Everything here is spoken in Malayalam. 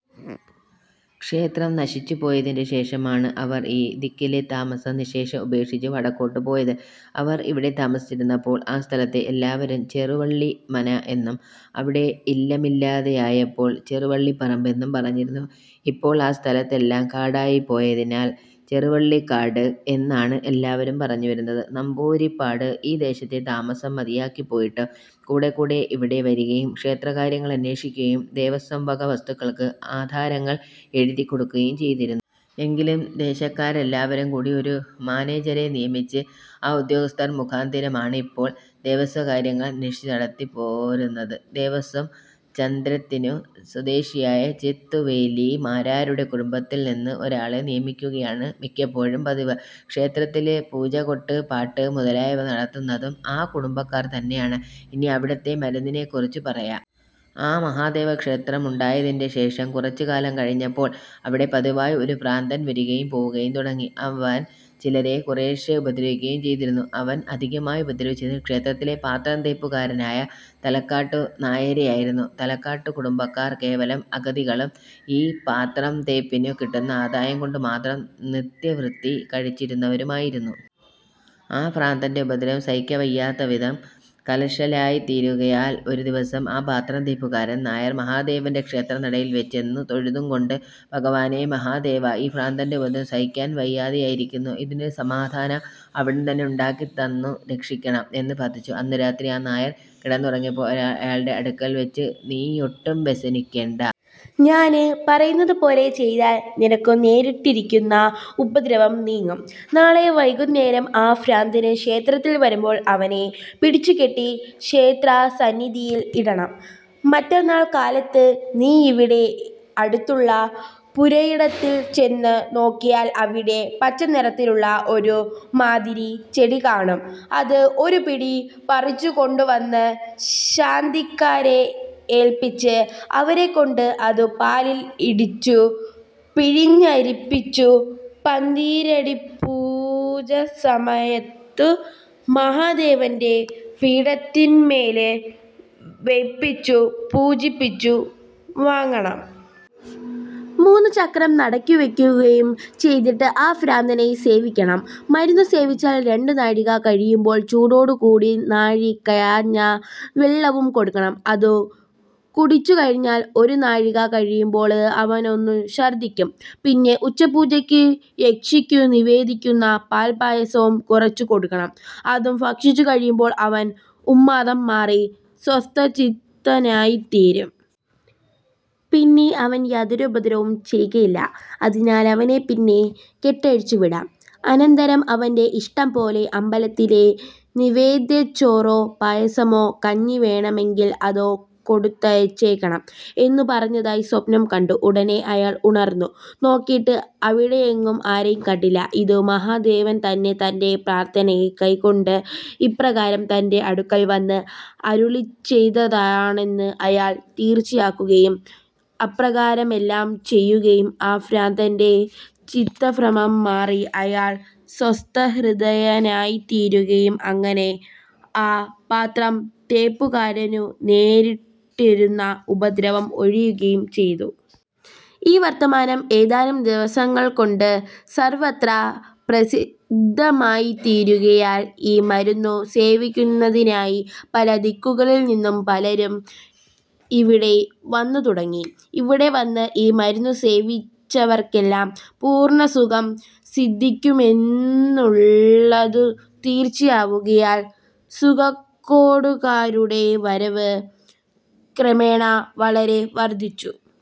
ക്ഷേത്രം നശിച്ചുപോയതിന്റെ ശേഷമാണ് അവർ ഈ ദിക്കിലെത്താമസം നിശ്ശേഷം ഉപേക്ഷിച്ചു വടക്കോട്ടു പോയത്. അവർ ഇവിടെത്താമസിച്ചിരുന്നപ്പോൾ ആ സ്ഥലത്തെ എല്ലാവരും ചെറുവള്ളി മന എന്നും അവിടെ ഇല്ലമില്ലാതെയായപ്പോൾ ചെറുവള്ളിപ്പറമ്പ് എന്നും പറഞ്ഞിരുന്നു. ഇപ്പോൾ ആ സ്ഥലത്തെല്ലാം കാടായിപ്പോയതിനാൽ ചെറുവള്ളിക്കാട് എന്നാണ് എല്ലാവരും പറഞ്ഞുവരുന്നത്. നമ്പൂരിപ്പാട് ഈ ദേശത്തെ താമസം മതിയാക്കിപ്പോയിട്ടും കൂടെക്കൂടെ ഇവിടെ വരികയും ക്ഷേത്രകാര്യങ്ങളന്വേഷിക്കുകയും ദേവസ്വംവക വസ്തുക്കൾക്ക് ആധാരങ്ങൾ എഴുതിക്കൊടുക്കുകയും ചെയ്തിരുന്നു. ഏതെങ്കിലും, ദേശക്കാരെല്ലാവരും കൂടി ഒരു മാനേജരെ നിയമിച്ച് ആ ഉദ്യോഗസ്ഥർ മുഖാന്തിരമാണ് ഇപ്പോൾ ദേവസ്വകാര്യങ്ങൾ അന്വേഷിച്ച് നടത്തിപ്പോരുന്നത്. ദേവസ്വം 'ചന്ത്ര'ത്തിനു സ്വദേശിയായ ചെത്തുവേലി മാരാരുടെ കുടുംബത്തിൽനിന്ന് ഒരാളെ നിയമിക്കുകയാണ് മിക്കപ്പോഴും പതിവ്. ക്ഷേത്രത്തില് പൂജകൊട്ട്, പാട്ട് മുതലായവ നടത്തുന്നതും ആ കുടുംബക്കാർതന്നെയാണ്. ഇനി അവിടത്തെ മരുന്നിനെക്കുറിച്ചു പറയാം. ആ മഹാദേവക്ഷേത്രമുണ്ടായതിന്റെശേഷം കുറച്ചുകാലം കഴിഞ്ഞപ്പോൾ അവിടെ പതിവായി ഒരു ഭ്രാന്തൻ വരികയും പോവുകയും തുടങ്ങി. അവൻ ചിലരെ കുറേശ്ശെ ഉപദ്രവിക്കുകയും ചെയ്തിരുന്നു. അവൻ അധികമായി ഉപദ്രവിച്ചിരുന്നത് ക്ഷേത്രത്തിലെ പാത്രംതേപ്പുകാരനായ തലക്കാട്ടു നായരെയായിരുന്നു. തലക്കാട്ടു കുടുംബക്കാർ കേവലം അഗതികളും ഈ പാത്രംതേപ്പിനു കിട്ടുന്ന ആദായം കൊണ്ടുമാത്രം നിത്യവൃത്തി കഴിച്ചിരുന്നവരുമായിരുന്നു. ആ ഭ്രാന്തന്റെ ഉപദ്രവം സഹിക്കവയ്യാത്തവിധം കലശലായിത്തീരുകയാൽ ഒരു ദിവസം ആ പാത്രംതേപ്പുകാരൻ നായർ മഹാദേവന്റെ ക്ഷേത്രനടയിൽച്ചെന്നു തൊഴുതുംകൊണ്ട് "ഭഗവാനെ! മഹാദേവാ! ഈ ഭ്രാന്തന്റെ ഉപദ്രവം സഹിക്കാന് വയ്യാതെയായിരിക്കുന്നു. ഇതിനൊരു സമാധാനം അവിടുന്നുതന്നെ ഉണ്ടാക്കിത്തന്നു രക്ഷിക്കണം. " എന്നു പ്രാർഥിച്ചു. അന്നു രാത്രി ആ നായർ കിടന്നുറങ്ങിയപ്പോൾ ഒരാൾ അയാളുടെ അടുക്കൽച്ചെന്ന് "നീയൊട്ടും വ്യസനിക്കേണ്ട. ഞാന് പറയുന്നതുപോലെ ചെയ്താൽ നിനക്കുനേരിട്ടിരിക്കുന്ന ഉപദ്രവം നീങ്ങും. നാളെ വൈകുന്നേരം ആ ഭ്രാന്തന് ക്ഷേത്രത്തിൽ വരുമ്പോൾ അവനെ പിടിച്ചുകെട്ടി ക്ഷേത്രസന്നിധിയിൽ ഇടണം. മറ്റന്നാൾ കാലത്ത് നീയിവിടെ അടുത്തുള്ള പുരയിടത്തിൽ ചെന്നു നോക്കിയാൽ അവിടെ പച്ചനിറത്തിലുള്ള ഒരു മാതിരി ചെടി കാണും. അത് ഒരുപിടി പറിച്ചുകൊണ്ടുവന്ന് ശാന്തിക്കാരെ ഏൽപ്പിച്ച് അവരെക്കൊണ്ട് അതു പാലിൽ ഇടിച്ചു പിഴിഞ്ഞരിപ്പിച്ചു പന്തീരടിപ്പൂജസമയത്തു മഹാദേവന്റെ പീഠത്തിന്മേല് വെയ്പിച്ചു പൂജിപ്പിച്ചു വാങ്ങണം. മൂന്നു ചക്രം നടയ്ക്കു വെയ്ക്കുകയും ചെയ്തിട്ട് ആ ഭ്രാന്തനെ സേവിപ്പിക്കണം. മരുന്നു സേവിച്ചാൽ രണ്ടു നാഴിക കഴിയുമ്പോൾ ചെറുചൂടോടുകൂടി നാഴി കാഞ്ഞ വെള്ളവും കൊടുക്കണം. അതു കുടിച്ചുകഴിഞ്ഞാൽ ഒരു നാഴിക കഴിയുമ്പോള് അവനൊന്നു ഛർദ്ദിക്കും. പിന്നെ ഉച്ചപ്പൂജയ്ക്ക് യക്ഷിക്കു നിവേദിക്കുന്ന പാൽപ്പായസവും കുറച്ചു കൊടുക്കണം. അതും ഭക്ഷിച്ചുകഴിയുമ്പോൾ അവൻ ഉന്മാദം മാറി സ്വസ്ഥചിത്തനായിത്തീരും. പിന്നെ അവൻ യാതൊരുപദ്രവവും ചെയ്കയില്ല. അതിനാലവനെപ്പിന്നെ കെട്ടഴിച്ചുവിടാം. അനന്തരം അവന്റെ ഇഷ്ടംപോലെ അമ്പലത്തിലെ നിവേദ്യച്ചോറോ പായസമോ കഞ്ഞി വേണമെങ്കിൽ അതോ കൊടുത്തയച്ചേക്കണം" എന്നു പറഞ്ഞതായി സ്വപ്നം കണ്ടു. ഉടനെ അയാൾ ഉണർന്നു നോക്കീട്ട് അവിടെയെങ്ങും ആരെയും കണ്ടില്ല. ഇതു മഹാദേവൻതന്നെ തന്റെ പ്രാർഥനയെ കൈക്കൊണ്ട് ഇപ്രകാരം തന്റെ അടുക്കൽ വന്ന് അരുളിച്ചെയ്തതാണെന്ന് അയാൾ തീർച്ചയാക്കുകയും അപ്രകാരമെല്ലാം ചെയ്യുകയും ആ ഭ്രാന്തന്റെ ചിത്തഭ്രമം മാറി അയാൾ സ്വസ്ഥഹൃദയനായിത്തീരുകയും അങ്ങനെ ആ പാത്രംതേപ്പുകാരനു നേരിട്ടിരുന്ന ഉപദ്രവം ഒഴിയുകയും ചെയ്തു. ഈ വർത്തമാനം ഏതാനും ദിവസങ്ങൾകൊണ്ടു സർവ്വത്ര പ്രസിദ്ധമായിത്തീരുകയാൽ ഈ മരുന്നു സേവിക്കുന്നതിനായി പല ദിക്കുകളിൽനിന്നും പലരും ഇവിടെ വന്നുതുടങ്ങി. ഇവിടെ വന്ന് ഈ മരുന്ന് സേവിച്ചവർക്കെല്ലാം പൂർണ്ണസുഖം സിദ്ധിക്കുമെന്നുള്ളതു തീർച്ചയാവുകയാൽ സുഖക്കേടുകാരുടെ വരവ് ക്രമേണ വളരെ വർധിച്ചു.